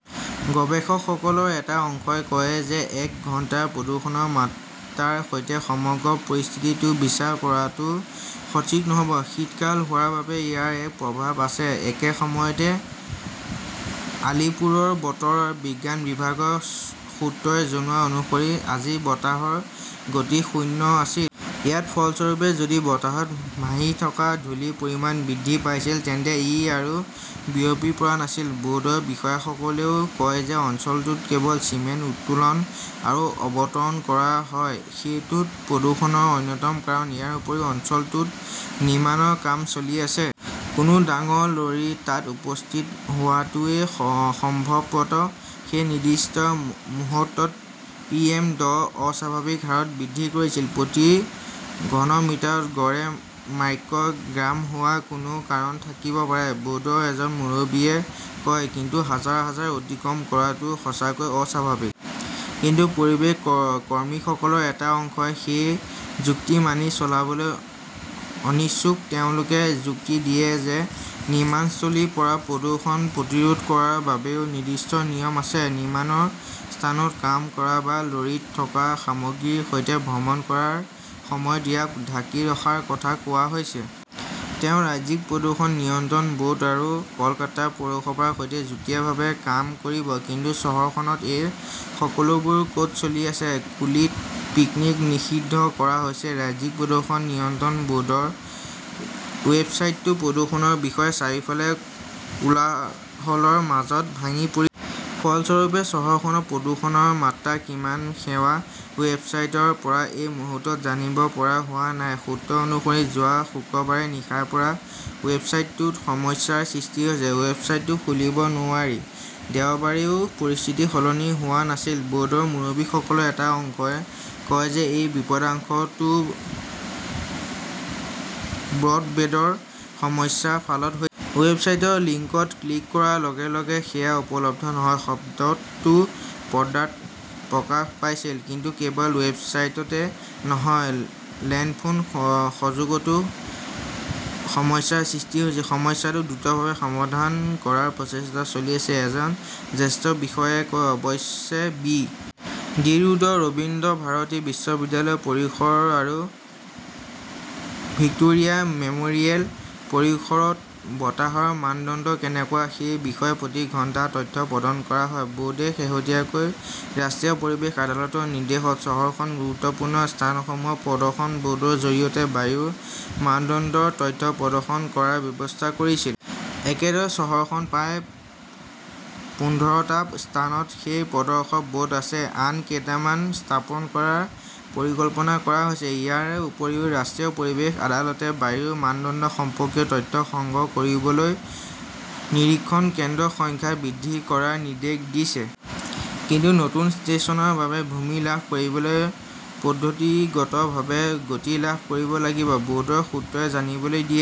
গৱেষকসকলৰ এটা অংশই কয় যে এক ঘণ্টাৰ প্ৰদূষণৰ মাত্ৰাৰ সৈতে সমগ্ৰ পৰিস্থিতিটো বিচাৰ কৰাটো সঠিক নহ 'ব। শীতকাল হোৱাৰ বাবে ইয়াৰ এক প্ৰভাৱ আছে। একে সময়তে, আলীপুৰৰ বতৰ বিজ্ঞান বিভাগৰ সূত্ৰই জনোৱা অনুসৰি আজি বতাহৰ গতি শূন্য আছিল। ইয়াৰ ফলস্বৰূপে যদি বতাহত ভাহি থকা ধূলিৰ পৰিমাণ বৃদ্ধি পাইছিল, তেন্তে ই আৰু বিয়পি পৰা নাছিল। ব'ৰ্ডৰ বিষয়াসকলেও কয় যে অঞ্চলটোত কেৱল চিমেণ্ট উত্তোলন আৰু অৱতৰণ কৰা হয়। সেইটোও প্ৰদূষণৰ অন্যতম কাৰণ। ইয়াৰ উপৰিও অঞ্চলটোত নিৰ্মাণৰ কাম চলি আছে। কোনো ডাঙৰ লৰী তাত উপস্থিত হোৱাটোৱে সম্ভৱতঃ সেই নিৰ্দিষ্ট মুহূৰ্তত পিএম দহ অস্বাভাৱিক হাৰত বৃদ্ধি কৰিছিল। প্ৰতি ঘনমিটাৰত গড়ে মাইক্ৰ" গ্ৰাম হোৱাৰ কোনো কাৰণ থাকিব পাৰে, ব'ৰ্ডৰ এজন মুৰব্বীয়ে কয়। কিন্তু হাজাৰ হাজাৰ অতিক্ৰম কৰাটো সঁচাকৈয়ে অস্বাভাৱিক। কিন্তু পৰিৱেশ ক কৰ্মীসকলৰ এটা অংশই সেই যুক্তি মানি চলিবলৈ অনিচ্ছুক। তেওঁলোকে যুক্তি দিয়ে যে নিৰ্মাণস্থলীৰ পৰা প্ৰদূষণ প্ৰতিৰোধ কৰাৰ বাবেও নিৰ্দিষ্ট নিয়ম আছে। নিৰ্মাণৰ স্থানত কাম কৰা বা লৰীত থকা সামগ্ৰীৰ সৈতে ভ্ৰমণ কৰাৰ সময়ত ইয়াক ঢাকি ৰখাৰ কথা কোৱা হৈছে। তেওঁ ৰাজ্যিক প্ৰদূষণ নিয়ন্ত্ৰণ ব'ৰ্ড আৰু কলকাতা পৌৰসভাৰ সৈতে যুটীয়াভাৱে কাম কৰিব। কিন্তু চহৰখনত এই সকলোবোৰ ক'ত চলি আছে? কুলীত পিকনিক নিষিদ্ধ কৰা হৈছে ৰাজ্যিক প্ৰদূষণ নিয়ন্ত্ৰণ ব'ৰ্ডৰ ৱেবছাইটটো প্ৰদূষণৰ বিষয়ে চাৰিওফালে কোলাহলৰ মাজত ভাঙি পৰি! ফলস্বৰূপে, চহৰখনত প্ৰদূষণৰ মাত্ৰা কিমান সেয়া ৱেবছাইটৰ পৰা এই মুহূৰ্তত জানিব পৰা হোৱা নাই। সূত্ৰ অনুসৰি যোৱা শুক্ৰবাৰে নিশাৰ পৰা ৱেবছাইটটোত সমস্যাৰ সৃষ্টি হৈছে। ৱেবছাইটটো খুলিব নোৱাৰি। দেওবাৰেও পৰিস্থিতি সলনি হোৱা নাছিল। ব'ৰ্ডৰ মুৰব্বীসকলৰ এটা অংশই কয় যে এই বিপদাশংকাটো ব্ৰডবেডৰ সমস্যাৰ ফলত হৈ। ৱেবছাইটৰ লিংকত ক্লিক কৰাৰ লগে লগে 'সেৱা উপলব্ধ নহয়'শব্দটো পদাত প্ৰকাশ পাইছিল। কিন্তু কেৱল ৱেবছাইটতে নহয়, লেণ্ডফোন সংযোগতো সমস্যাৰ সৃষ্টি হৈছে। সমস্যাটো দ্ৰুতভাৱে সমাধান কৰাৰ প্ৰচেষ্টা চলি আছে, এজন জ্যেষ্ঠ বিষয়াই কয়। অৱশ্যে, বি. টি. ৰোডৰ ৰবীন্দ্ৰভাৰতী বিশ্ববিদ্যালয় পৰিসৰ আৰু ভিক্টোৰিয়া মেম'ৰিয়েল পৰিসৰত বতাহৰ মানদণ্ড কেনেকুৱা সেই বিষয়ে প্ৰতি ঘণ্টাত তথ্য প্ৰদান কৰা হয়। ব'ৰ্ডে শেহতীয়াকৈ ৰাষ্ট্ৰীয় পৰিৱেশ আদালতৰ নিৰ্দেশত চহৰখনৰ গুৰুত্বপূৰ্ণ স্থানসমূহত প্ৰদৰ্শন ব'ৰ্ড ৰ জৰিয়তে বায়ুৰ মানদণ্ডৰ তথ্য প্ৰদৰ্শন কৰাৰ ব্যৱস্থা কৰিছিল। একেদৰে, চহৰখনৰ প্ৰায় পোন্ধৰ টা স্থানত সেই 'প্ৰদৰ্শন ব'ৰ্ড' আছে। আন কেইটামান স্থাপন কৰাৰ পৰিকল্পনা কৰা হৈছে। ইয়াৰ উপৰিও ৰাষ্ট্ৰীয় পৰিৱেশ আদালতে বায়ুৰ মানদণ্ড সম্পৰ্কীয় তথ্য সংগ্ৰহ কৰিবলৈ নিৰীক্ষণ কেন্দ্ৰৰ সংখ্যা বৃদ্ধি কৰাৰ নিৰ্দেশ দিছে। কিন্তু নতুন ষ্টেচনৰ বাবে ভূমি লাভ কৰিবলৈ পদ্ধতিগতভাৱে গতি লাভ কৰিব লাগিব, ব'ৰ্ডৰ সূত্ৰই জানিবলৈ দিয়ে।